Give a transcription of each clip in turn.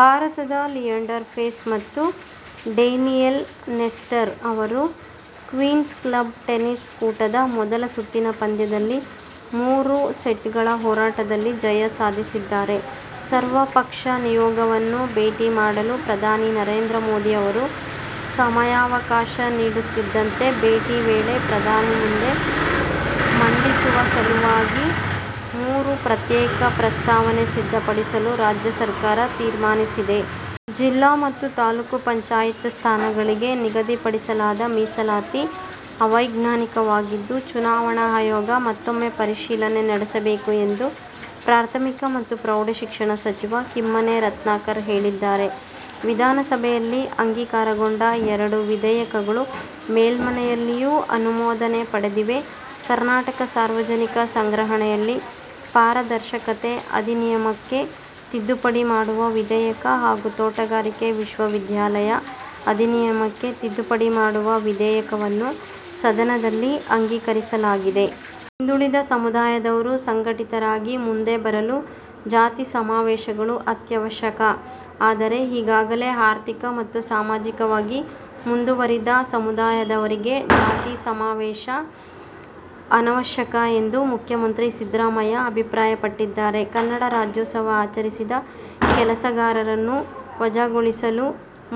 ಭಾರತದ ಲಿಯಾಂಡರ್ ಪೇಸ್ ಮತ್ತು Daniel Nestor ಅವರು ಕ್ವೀನ್ಸ್ ಕ್ಲಬ್ ಟೆನಿಸ್ ಕೂಟದ ಮೊದಲ ಸುತ್ತಿನ ಪಂದ್ಯದಲ್ಲಿ ಮೂರು ಸೆಟ್ಗಳ ಹೋರಾಟದಲ್ಲಿ ಜಯ ಸಾಧಿಸಿದ್ದಾರೆ. ಸರ್ವಪಕ್ಷ ನಿಯೋಗವನ್ನು ಭೇಟಿ ಮಾಡಲು ಪ್ರಧಾನಿ ನರೇಂದ್ರ ಮೋದಿ ಅವರು ಸಮಯಾವಕಾಶ ನೀಡುತ್ತಿದ್ದಂತೆ ಭೇಟಿ ವೇಳೆ ಪ್ರಧಾನಿ ಮುಂದೆ ಮಂಡಿಸುವ ಸಲುವಾಗಿ ಮೂರು ಪ್ರತ್ಯೇಕ ಪ್ರಸ್ತಾವನೆ ಸಿದ್ಧಪಡಿಸಲು ರಾಜ್ಯ ಸರ್ಕಾರ ತೀರ್ಮಾನಿಸಿದೆ. ಜಿಲ್ಲಾ ಮತ್ತು ತಾಲೂಕು ಪಂಚಾಯತ್ ಸ್ಥಾನಗಳಿಗೆ ನಿಗದಿಪಡಿಸಲಾದ ಮೀಸಲಾತಿ ಅವೈಜ್ಞಾನಿಕವಾಗಿದ್ದು, ಚುನಾವಣಾ ಆಯೋಗ ಮತ್ತೂಮ್ಮೆ ಪರಿಶೀಲನೆ ನಡೆಸಬೇಕು ಎಂದು ಪ್ರಾಥಮಿಕ ಮತ್ತು ಪ್ರೌಢಶಿಕ್ಷಣ ಸಚಿವ ಕಿಮ್ಮನೆ ರತ್ನಾಕರ್ ಹೇಳಿದ್ದಾರೆ. ವಿಧಾನಸಭೆಯಲ್ಲಿ ಅಂಗೀಕಾರಗೊಂಡ ಎರಡು ವಿಧೇಯಕಗಳು ಮೇಲ್ಮನೆಯಲ್ಲಿಯೂ ಅನುಮೋದನೆ ಪಡೆದಿವೆ. ಕರ್ನಾಟಕ ಸಾರ್ವಜನಿಕ ಸಂಗ್ರಹಣೆಯಲ್ಲಿ ಪಾರದರ್ಶಕತೆ ಅಧಿನಿಯಮಕ್ಕೆ ತಿದ್ದುಪಡಿ ಮಾಡುವ ವಿಧೇಯಕ ಹಾಗೂ ತೋಟಗಾರಿಕೆ ವಿಶ್ವವಿದ್ಯಾಲಯ ಅಧಿನಿಯಮಕ್ಕೆ ತಿದ್ದುಪಡಿ ಮಾಡುವ ವಿಧೇಯಕವನ್ನು ಸದನದಲ್ಲಿ ಅಂಗೀಕರಿಸಲಾಗಿದೆ. "ಹಿಂದುಳಿದ ಸಮುದಾಯದವರು ಸಂಘಟಿತರಾಗಿ ಮುಂದೆ ಬರಲು ಜಾತಿಸಮಾವೇಶಗಳು ಅತ್ಯವಶ್ಯಕ. ಆದರೆ, ಈಗಾಗಲೇ ಆರ್ಥಿಕ ಮತ್ತು ಸಾಮಾಜಿಕವಾಗಿ ಮುಂದುವರಿದ ಸಮುದಾಯದವರಿಗೆ ಜಾತಿ ಸಮಾವೇಶ ಅನವಶ್ಯಕ' ಎಂದು ಮುಖ್ಯಮಂತ್ರಿ ಸಿದ್ದರಾಮಯ್ಯ ಅಭಿಪ್ರಾಯಪಟ್ಟಿದ್ದಾರೆ. ಕನ್ನಡ ರಾಜ್ಯೋತ್ಸವ ಆಚರಿಸಿದ ಕೆಲಸಗಾರರನ್ನು ವಜಾಗೊಳಿಸಲು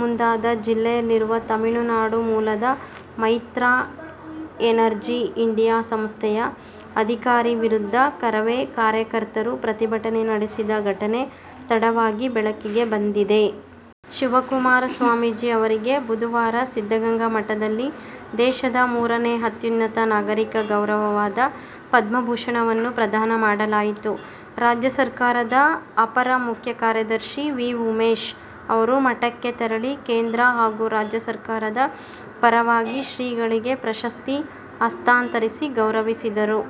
ಮುಂದಾದ ಜಿಲ್ಲೆಯಲ್ಲಿರುವ ತಮಿಳುನಾಡು ಮೂಲದ ಮೈತ್ರಾ ಎನರ್ಜಿ ಇಂಡಿಯಾ ಸಂಸ್ಥೆಯ ಅಧಿಕಾರಿ ವಿರುದ್ಧ ಕರವೇ ಕಾರ್ಯಕರ್ತರು ಪ್ರತಿಭಟನೆ ನಡೆಸಿದ ಘಟನೆ ತಡವಾಗಿ ಬೆಳಕಿಗೆ ಬಂದಿದೆ. ಶಿವಕುಮಾರ ಸ್ವಾಮೀಜಿ ಅವರಿಗೆ ಬುಧವಾರ ಸಿದ್ಧಗಂಗಾ ಮಠದಲ್ಲಿ ದೇಶದ ಮೂರನೇ ಅತ್ಯುನ್ನತ ನಾಗರಿಕ ಗೌರವವಾದ ಪದ್ಮಭೂಷಣವನ್ನು ಪ್ರದಾನ ಮಾಡಲಾಯಿತು. ರಾಜ್ಯ ಸರ್ಕಾರದ ಅಪರ ಮುಖ್ಯ ಕಾರ್ಯದರ್ಶಿ ವಿ. ಉಮೇಶ್ ಅವರು ಮಠಕ್ಕೆ ತೆರಳಿ ಕೇಂದ್ರ ಹಾಗೂ ರಾಜ್ಯ ಸರ್ಕಾರದ ಪರವಾಗಿ ಶ್ರೀಗಳಿಗೆ ಪ್ರಶಸ್ತಿ ಹಸ್ತಾಂತರಿಸಿ ಗೌರವಿಸಿದರು.